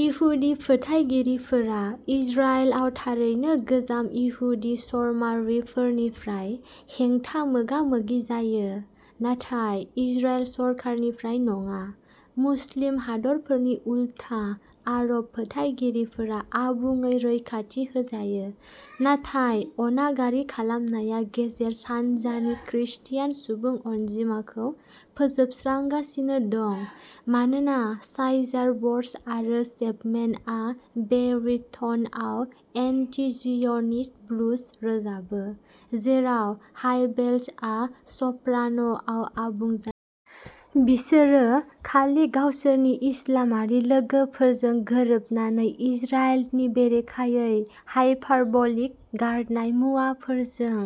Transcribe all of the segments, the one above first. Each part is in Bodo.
इहुदि फोथायगिरिफोरा इजराइलाव थारैनो गोजाम इहुदि चरमारिफोरनिफ्राय हेंथा मोगा-मोगि जायो, नाथाय इजराइल सरखारनिफ्राय नङा। मुस्लिम हादरफोरनि उलथा, आरब फोथायगिरिफोरा आबुङै रैखाथि होजायो। नाथाय अनागारि खालामनाया गेजेर सानजानि ख्रिस्टियान सुबुं अनजिमाखौ फोजोबस्रांगासिनो दं मानोना साइजार, बर्ज आरो चेपमेनआ बेरिट'नआव एन्टि-जिय'निस्ट ब्लुज रोजाबो, जेराव हाइबेल्सआ सप्रान'आव आबुं जा। बिसोरो खालि गावसोरनि इस्लामारि लोगोफोरजों गोरोबनानै इजराइलनि बेरेखायै हायपारबलिक गारनाय मुवाफोरजों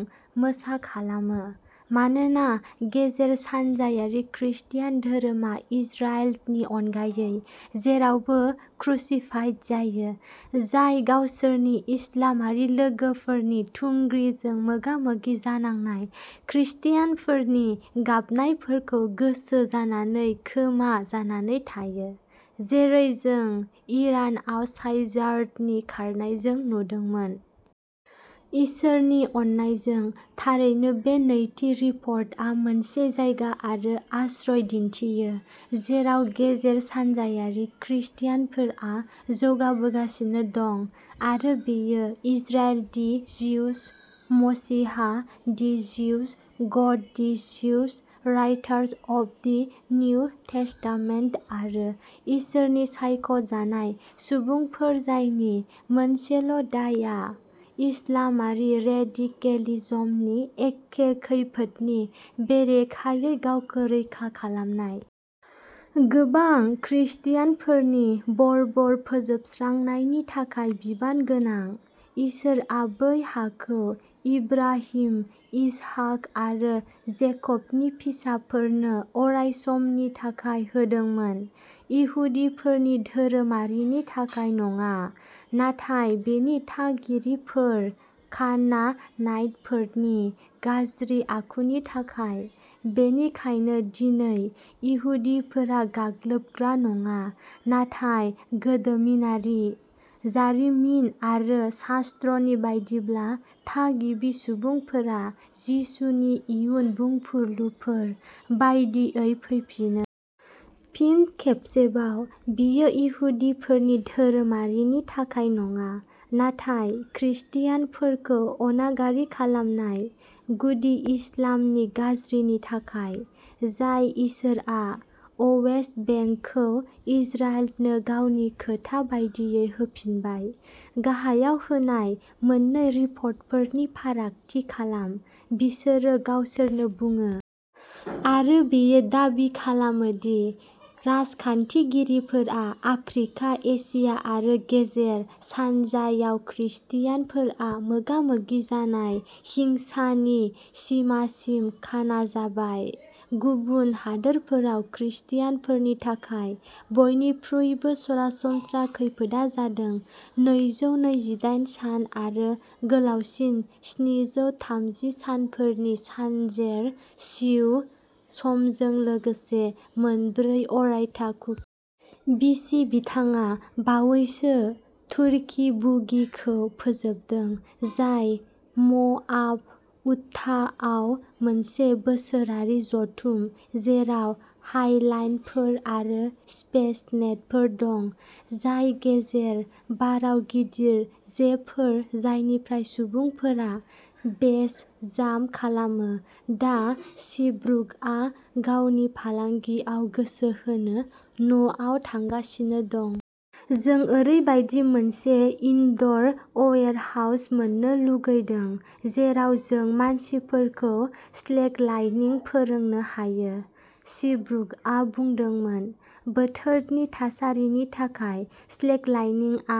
मोसाखालामो, मानोना गेजेर सानजायारि ख्रिस्टियान धोरोमा इजराइलनि अनगायै जेरावबो क्रुसिफाइड जायो, जाय गावसोरनि इस्लामारि लोगोफोरनि थुंग्रिजों मोगा-मोगि जानांनाय ख्रिस्टियानफोरनि गाबनायफोरखौ गोसो जानानै खोमा जानानै थायो, जेरै जों इरानाव साइजारनि खारनायजों नुदोंमोन। इसोरनि अननायजों, थारैनो बे नैथि रिपर्टआ मोनसे जायगा आरो आश्रय दिन्थियो जेराव गेजेर सानजायारि ख्रिस्टियानफोरा जौगाबोगासिनो दं, आरो बेयो इजराइल-दि जिउस मसिहा, दि जिउस गड, the Jews writers of the New Testament, आरो इसोरनि सायख'जानाय सुबुंफोर जायनि मोनसेल' दायआ इस्लामारि रेडिकेलिजमनि एखे खैफोदनि बेरेखायै गावखौ रैखा खालामनाय। गोबां ख्रिस्टियानफोरनि बर्बर फोजोबस्रांनायनि थाखाय बिबान गोनां। इसोरआ बै हाखौ इब्राहिम, इसहाक आरो जेकबनि फिसाफोरनो अरायसमनि थाखाय होदोंमोन इहुदिफोरनि धोरोमारिनि थाखाय नङा नाथाय बेनि थागिरिफोर कानानाइटफोरनि गाज्रि आखुनि थाखाय। बेनिखायनो दिनै, इहुदिफोरा गाग्लोबग्रा नङा नाथाय गोदोमिनारि, जारिमिन आरो शास्त्रनि बायदिब्ला थागिबि सुबुंफोरा जिसुनि इयुन बुंफुरलुफोर बायदियै फैफिनो। फिन खेबसेबाव, बेयो इहुदिफोरनि धोरोमारिनि थाखाय नङा नाथाय ख्रिस्टियानफोरखौ अनागारि खालामनाय गुदि इस्लामनि गाज्रिनि थाखाय, जाय इसोरआ अवेस्ट बेंकखौ इजराइलनो गावनि खोथा बायदियै होफिनबाय। गाहायाव होनाय मोननै रिपर्टफोरनि फारागथि खालाम बिसोरो गावसोरनो बुङो। आरो बियो दाबि खालामोदि राजखान्थिगिरिफोरा आफ्रिका, एसिया आरो गेजेर सानजायावख्रिस्टियानफोरा मोगा-मोगि जानाय हिंसानि सिमासिम "खाना" जाबाय। गुबुन हादोरफोराव ख्रिस्टियानफोरनि थाखाय बयनिख्रुइबो सरासनस्रा खैफोदआ जादों नैजौ नैजिदाइन सान आरो गोलावसिन स्निजौ थामजि सानफोरनि सानजेर जिउ समजों लोगोसे मोन ब्रै अरायथा कु। बि. सि. बिथाङा बावैसो "तुर्की बुगी" खौ फोजोबदों, जाय म'आब, उटाहआव मोनसे बोसोरारि जथुम, जेराव हाइलाइनफोर आरो स्पेस नेटफोर दं, जाय गेजेर बाराव गिदिर जेफोर जायनिफ्राय सुबुंफोरा बेस जाम्प खालामो। दा, सिब्रुकआ गावनि फालांगियाव गोसो होनो न'आव थांगासिनो दं। जों ओरैबायदि मोनसे इनड'र अयेरहाउस मोननो लुगैदों जेराव जों मानसिफोरखौ स्लेकलाइनिं फोरोंनो हायो सिब्रुकआ बुंदोंमोन। बोथोरनि थासारिनि थाखाय स्लेकलाइनिंआ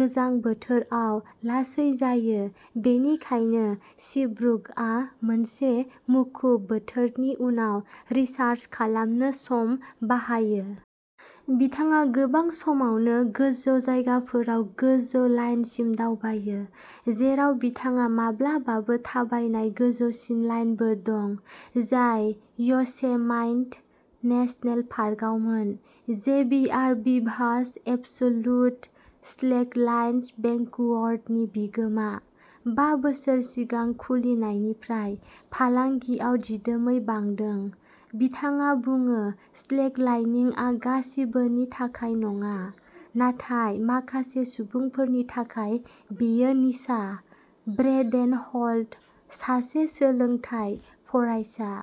गोजां बोथोराव लासै जायो, बेनिखायनो सिब्रुकआ मोनसे मुखुब बोथोरनि उनाव रिचार्ज खालामनो सम बाहायो। बिथाङा गोबां समावनो गोजौ जायगाफोराव गोजौ लाइनसिम दावबायो, जेराव बिथाङा माब्लाबाबो थाबायनाय गोजौसिन लाइनबो दं, जाय य'सेमाइट नेसनेल पार्कआवमोन। जेभियार भिभास, एबसुलुट स्लेकलाइन्स भेंकुवरनि बिगोमा, बा बोसोर सिगां खुलिनायनिफ्राय फालांगियाव दिदोमै बांदों। बिथाङा बुङो स्लेकलाइनिंआ गासिबोनि थाखाय नङा, नाथाय माखासे सुबुंफोरनि थाखाय, बियो निसा। ब्रेडेन हल्ट, सासे सोलोंथाय फरायसा।